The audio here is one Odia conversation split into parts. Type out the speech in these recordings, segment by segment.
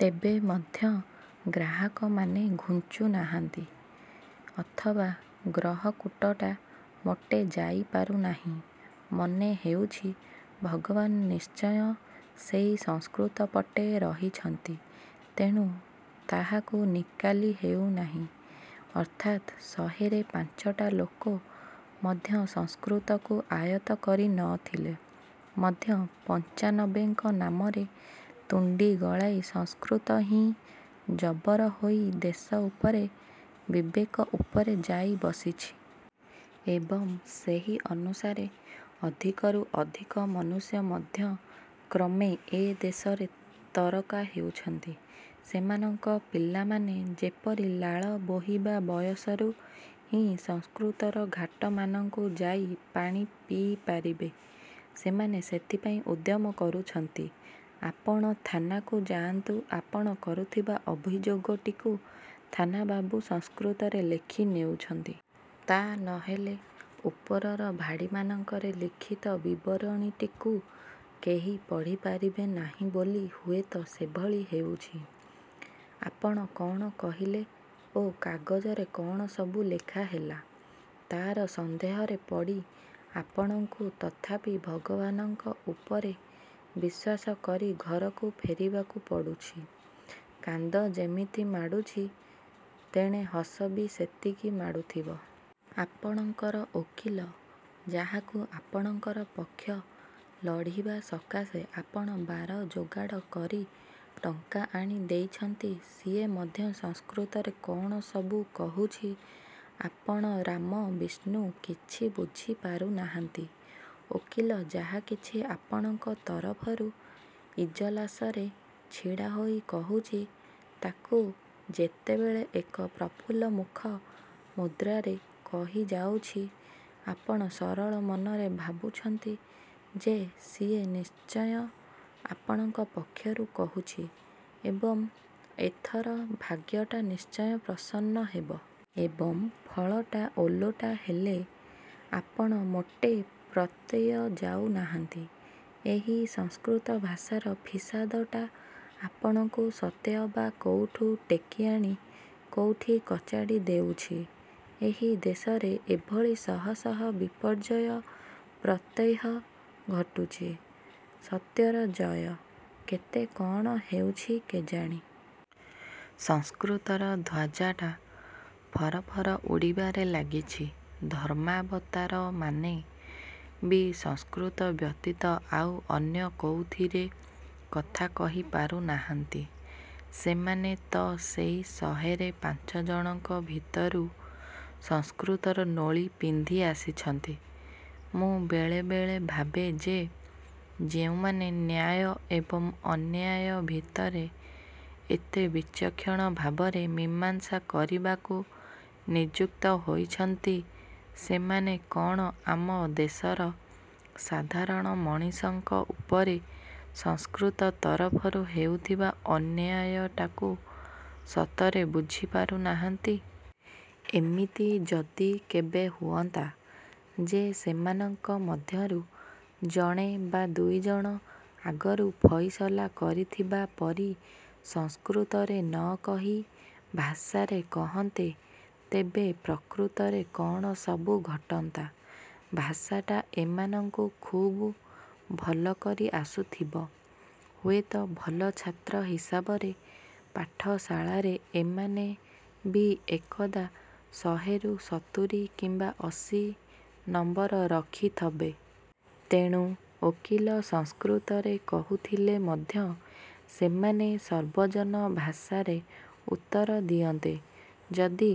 ତେବେ ମଧ୍ୟ ଗ୍ରାହକମାନେ ଘୁଞ୍ଚୁନାହାନ୍ତି ଅଥବା ଗ୍ରହକୂଟଟା ମୋଟେ ଯାଇ ପାରୁନାହିଁ। ମନେହେଉଛି ଭଗବାନ ନିଶ୍ଚୟ ସେଇ ସଂସ୍କୃତ ପଟେ ରହିଛନ୍ତି। ତେଣୁ ତାହାକୁ ନିକାଲି ହେଉନାହିଁ। ଅର୍ଥାତ ଶହେରେ ପାଞ୍ଚଟା ଲୋକ ମଧ୍ୟ ସଂସ୍କୃତକୁ ଆୟତ୍ତ କରିନଥିଲେ ମଧ୍ୟ ପଞ୍ଚାନବେଙ୍କ ନାମରେ ତୁଣ୍ଡି ଗଳାଇ ସଂସ୍କୃତ ହିଁ ଜବର ହୋଇ ଦେଶ ଉପରେ, ବିବେକ ଉପରେ ଯାଇ ବସିଛି। ଏବଂ ସେହି ଅନୁସାରେ ଅଧିକରୁ ଅଧିକ ମନୁଷ୍ୟ ମଧ୍ୟ କ୍ରମେ ଏ ଦେଶରେ ତରକା ହେଉଛନ୍ତି। ସେମାନଙ୍କ ପିଲାମାନେ ଯେପରି ଲାଳ ବୋହିବା ବୟସରୁ ହିଁ ସଂସ୍କୃତର ଘାଟମାନଙ୍କୁ ଯାଇ ପାଣି ପିଇପାରିବେ, ସେମାନେ ସେଥିପାଇଁ ଉଦ୍ୟମ କରୁଛନ୍ତି। ଆପଣ ଥାନାକୁ ଯାଆନ୍ତୁ ଆପଣ କରୁଥିବା ଅଭିଯୋଗଟିକୁ ଥାନାବାବୁ ସଂସ୍କୃତରେ ଲେଖି ନେଉଛନ୍ତି। ତା ନହେଲେ ଉପରର ଭାଡ଼ିମାନଙ୍କରେ ଲିଖିତ ବିବରଣୀଟିକୁ କେହି ପଢ଼ିପାରିବେ ନାହିଁ ବୋଲି ହୁଏତ ସେଭଳି ହେଉଛି। ଆପଣ କଣ କହିଲେ ଓ କାଗଜରେ କଣସବୁ ଲେଖାହେଲା, ତାର ସନ୍ଦେହରେ ପଡ଼ି ଆପଣଙ୍କୁ ତଥାପି ଭଗବାନଙ୍କ ଉପରେ ବିଶ୍ୱାସ କରି ଘରକୁ ଫେରିବାକୁ ପଡୁଛି। କାନ୍ଦ ଯେମିତି ମାଡୁଛି, ତେଣେ ହସ ବି ସେତିକି ମାଡୁଥିବ। ଆପଣଙ୍କର ଓକିଲ, ଯାହାକୁ ଆପଣଙ୍କର ପକ୍ଷ ଲଢ଼ିବା ସକାଶେ ଆପଣ ବାର ଯୋଗାଡ଼ କରି ଟଙ୍କା ଆଣି ଦେଇଛନ୍ତି, ସିଏ ମଧ୍ୟ ସଂସ୍କୃତରେ କଣ ସବୁ କହୁଛି ଆପଣ ରାମ, ବିଷ୍ଣୁ କିଛି ବୁଝି ପାରୁନାହାନ୍ତି। ଓକିଲ ଯାହାକିଛି ଆପଣଙ୍କ ତରଫରୁ ଇଜଲାସରେ ଛିଡ଼ାହୋଇ କହୁଛି, ତାକୁ ଯେତେବେଳେ ଏକ ପ୍ରଫୁଲ୍ଲମୁଖ ମୁଦ୍ରାରେ କହିଯାଉଛି, ଆପଣ ସରଳ ମନରେ ଭାବୁଛନ୍ତି ଯେ, ସିଏ ନିଶ୍ଚୟ ଆପଣଙ୍କ ପକ୍ଷରୁ କହୁଛି ଏବଂ ଏଥର ଭାଗ୍ୟଟା ନିଶ୍ଚୟ ପ୍ରସନ୍ନ ହେବ। ଏବଂ ଫଳଟା ଓଲଟା ହେଲେ ଆପଣ ମୋଟେ ପ୍ରତ୍ୟୟ ଯାଉନାହାନ୍ତି, ଏହି ସଂସ୍କୃତ ଭାଷାର ଫିସାଦଟା ଆପଣଙ୍କୁ ସତେଅବା କୋଉଠୁ ଟେକିଆଣି କୋଉଠି କଚାଡ଼ି ଦେଉଛି। ଏହି ଦେଶରେ ଏଭଳି ଶହ ଶହ ବିପର୍ଯ୍ୟୟ ପ୍ରତ୍ୟହ ଘଟୁଛି। ସତ୍ୟର ଜୟ କେତେ କଣ ହେଉଛି କେଜାଣି? ସଂସ୍କୃତର ଧ୍ୱଜାଟା ଫର ଫର ଉଡ଼ିବାରେ ଲାଗିଛି। ଧର୍ମାବତାରମାନେ ବି ସଂସ୍କୃତ ବ୍ୟତୀତ ଆଉ ଅନ୍ୟ କୋଉଥିରେ କଥା କହିପାରୁ ନାହାନ୍ତି। ସେମାନେ ତ ସେଇ ଶହେରେ ପାଞ୍ଚଜଣଙ୍କ ଭିତରୁ ସଂସ୍କୃତର ନୋଳି ପିନ୍ଧି ଆସିଛନ୍ତି। ମୁଁ ବେଳେ ବେଳେ ଭାବେ ଯେ, ଯେଉଁମାନେ ନ୍ୟାୟ ଏବଂ ଅନ୍ୟାୟ ଭିତରେ ଏତେ ବିଚକ୍ଷଣ ଭାବରେ ମୀମାଂସା କରିବାକୁ ନିଯୁକ୍ତ ହୋଇଛନ୍ତି ସେମାନେ କଣ ଆମ ଦେଶର ସାଧାରଣ ମଣିଷଙ୍କ ଉପରେ ସଂସ୍କୃତ ତରଫରୁ ହେଉଥିବା ଅନ୍ୟାୟଟାକୁ ସତରେ ବୁଝି ପାରୁନାହାନ୍ତି? ଏମିତି ଯଦି କେବେ ହୁଅନ୍ତା ଯେ ସେମାନଙ୍କ ମଧ୍ୟରୁ ଜଣେ ବା ଦୁଇଜଣ ଆଗରୁ ଫଇସଲା କରିଥିବା ପରି ସଂସ୍କୃତରେ ନକହି ଭାଷାରେ କହନ୍ତେ, ତେବେ ପ୍ରକୃତରେ କଣ ସବୁ ଘଟନ୍ତା? ଭାଷାଟା ଏମାନଙ୍କୁ ଖୁବ୍ ଭଲ କରି ଆସୁଥିବ, ହୁଏତ ଭଲ ଛାତ୍ର ହିସାବରେ ପାଠଶାଳାରେ ଏମାନେ ବି ଏକଦା ଶହେରୁ ସତୁରୀ କିମ୍ବା ଅଶୀ ନମ୍ବର ରଖିଥବେ। ତେଣୁ ଓକିଲ ସଂସ୍କୃତରେ କହୁଥିଲେ ମଧ୍ୟ ସେମାନେ ସର୍ବଜନ ଭାଷାରେ ଉତ୍ତର ଦିଅନ୍ତେ ଯଦି,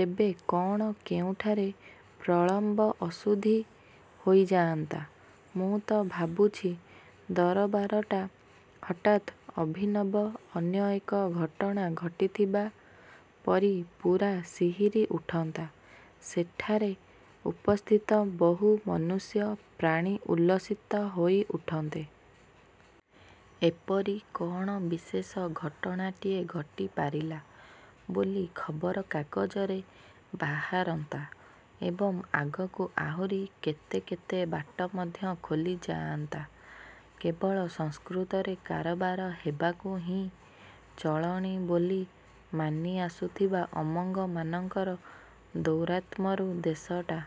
ତେବେ କଣ କେଉଁଠାରେ ପ୍ରଳମ୍ବ ଅଶୁଦ୍ଧି ହୋଇଯାଆନ୍ତା? ମୁଁ ତ ଭାବୁଛି ଦରବାରଟା ହଠାତ୍ ଅଭିନବ ଅନ୍ୟ ଏକ ଘଟଣା ଘଟିଥିବା ପରି ପୂରା ଶିହରି ଉଠନ୍ତା। ସେଠାରେ ଉପସ୍ଥିତ ବହୁ ମନୁଷ୍ୟ, ପ୍ରାଣୀ ଉଲ୍ଲସିତ ହୋଇ ଉଠନ୍ତେ। ଏପରି କଣ ବିଶେଷ ଘଟଣାଟିଏ ଘଟିପାରିଲା ବୋଲି ଖବରକାଗଜରେ ବାହାରନ୍ତା ଏବଂ ଆଗକୁ ଆହୁରି କେତେ କେତେ ବାଟ ମଧ୍ୟ ଖୋଲିଯାଆନ୍ତା। କେବଳ ସଂସ୍କୃତରେ କାରବାର ହେବାକୁ ହିଁ ଚଳଣି ବୋଲି ମାନି ଆସୁଥିବା ଅମଙ୍ଗମାନଙ୍କର ଦୌରାତ୍ମ୍ୟରୁ ଦେଶଟା